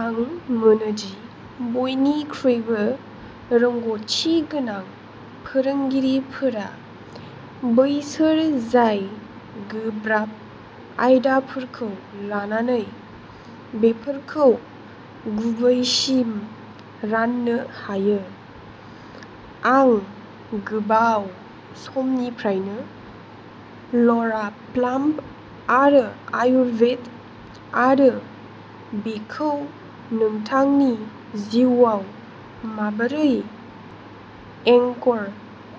आं मोनोदि बयनिख्रुइबो रोंग'थिगोनां फोरोंगिरिफोरा बैसोर जाय गोब्राब आयदाफोरखौ लानानै बेफोरखौ गुबैसिम राननो हायो। आं गोबाव समनिफ्रायनो लरा प्लाम्ब आरो आयुर्बेद आरो बेखौ नोंथांनि जिउआव माबोरै एंकर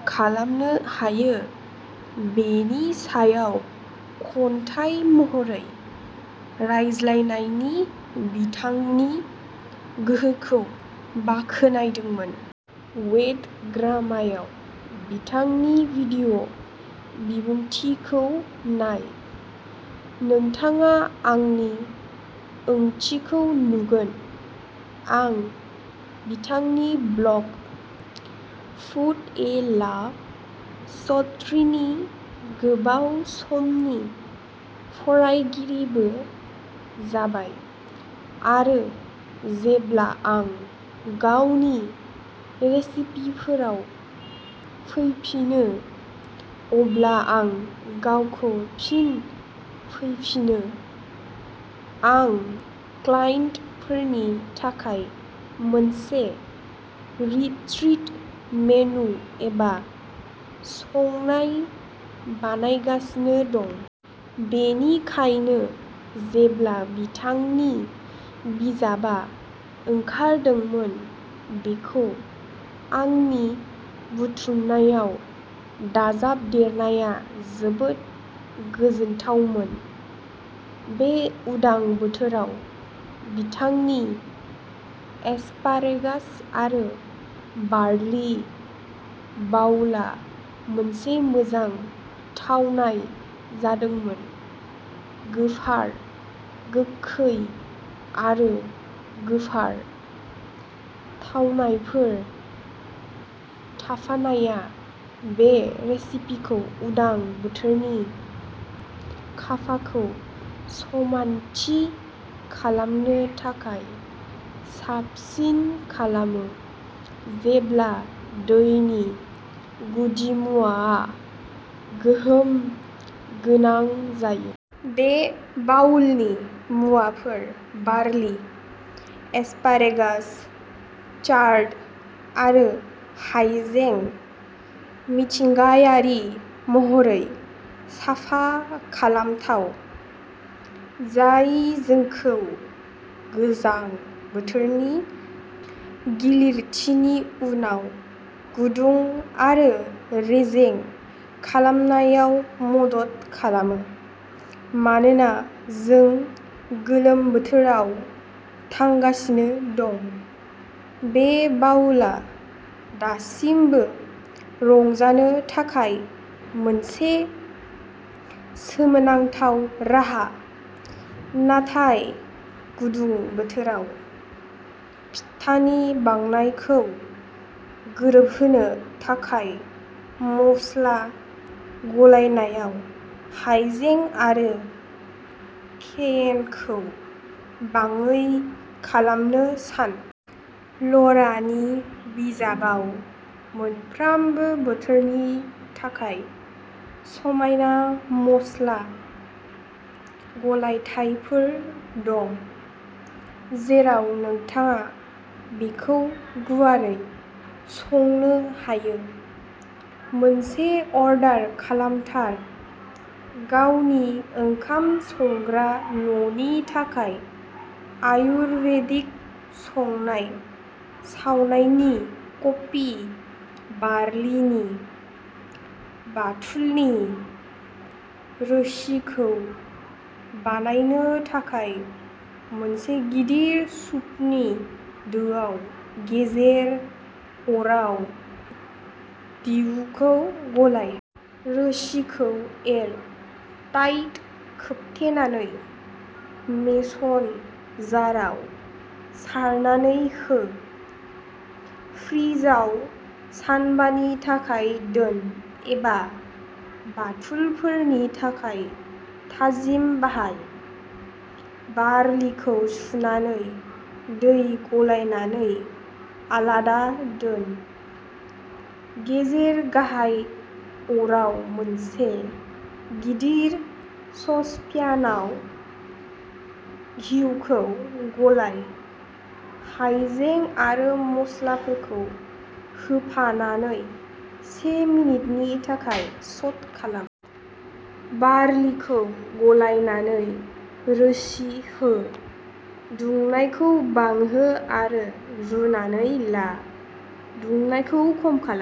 खालामनो हायो बेनि सायाव खन्थाइ महरै रायज्लायनायनि बिथांनि गोहोखौ बाख्नायदोंमोन। वैदग्रामायाव बिथांनि भिडिय' बिबुंथिखौ नाय, नोंथाङा आंनि ओंथिखौ नुगोन। आं बिथांनि ब्लग, फुड ए लाभ स्टरीनि गोबाव समनि फरायगिरिबो जाबाय, आरो जेब्ला आं गावनि रेसिपिफोराव फैफिनो, अब्ला आं गावखौ फिन फैफिनो। आं क्लाइन्टफोरनि थाखाय मोनसे रिट्रीट मेनु एबा संनाय बानायगासिनो दं। बेनिखायनो जेब्ला बिथांनि बिजाबआ ओंखारदोंमोन, बेखौ आंनि बुथुमनायाव दाजाबदेरनाया जोबोद गोजोनथावमोन। बे उदां बोथोराव, बिथांनि एस्पारेगास आरो बार्लि बाउला मोनसे मोजां थावनाय जादोंमोन। गोफार, गोखै आरो गोफार थावनायफोर थाफानायआ बे रेसिपिखौ उदां बोथोरनि काफाखौ समानथि खालामनो थाखाय साबसिन खालामो, जेब्ला दैनि गुदिमुवाआ गोहोम गोनां जायो। बे बाउलनि मुवाफोर बार्लि, एस्पारेगास, चार्ड आरो हायजें मिथिंगायारि महरै साफा खालामथाव, जाय जोंखौ गोजां बोथोरनि गिलिरथिनि उनाव गुदुं आरो रेजें खालामनायाव मदद खालामो। मानोना जों गोलोम बोथोराव थांगासिनो दं, बे बाउलआ दासिमबो रंजानो थाखाय मोनसे सोमोनांथाव राहा, नाथाय गुदुं बोथोराव पिट्टानि बांनायखौ गोरोबहोनो थाखाय मस्ला गलायनायाव हायजें आरो केयेनखौ बाङाइ खालामनो सान। लरानि बिजाबाव मोनफ्रोमबो बोथोरनि थाखाय समायना मस्ला गलायथायफोर दं, जेराव नोंथाङा बेखौ गुवारै संनो हायो। मोनसे अर्डार खालामथार। गावनि ओंखाम संग्रा न' नि थाखाय आयुर्बेदिक संनाय सावनायनि कपि बार्लिनि बाथुलनि रोसिखौ बानायनो थाखाय मोनसे गिदिर सुपनि दोआव गेजेर अराव घिउखौ गलाइ। रोसिखौ एर, टाइट खोबथेनानै मेसन जारआव सारनानै हो। फ्रिजआव सानबानि थाखाय दोन एबा बाथुलफोरनि थाखाय थाजिम बाहाय। बार्लिखौ सुनानै दै गलायनानै आलादा दोन। गेजेर गाहाय अराव मोनसे गिदिर ससप्यानाव घिउखौ गलाइ। हायजें आरो मस्लाफोरखौ होफानानै से मिनिटनि थाखाय सट खालाम। बार्लिखौ गलायनानै रोसि हो, दुंनायखौ बांहो आरो रुनानै ला। दुंनायखौ खम खालाम।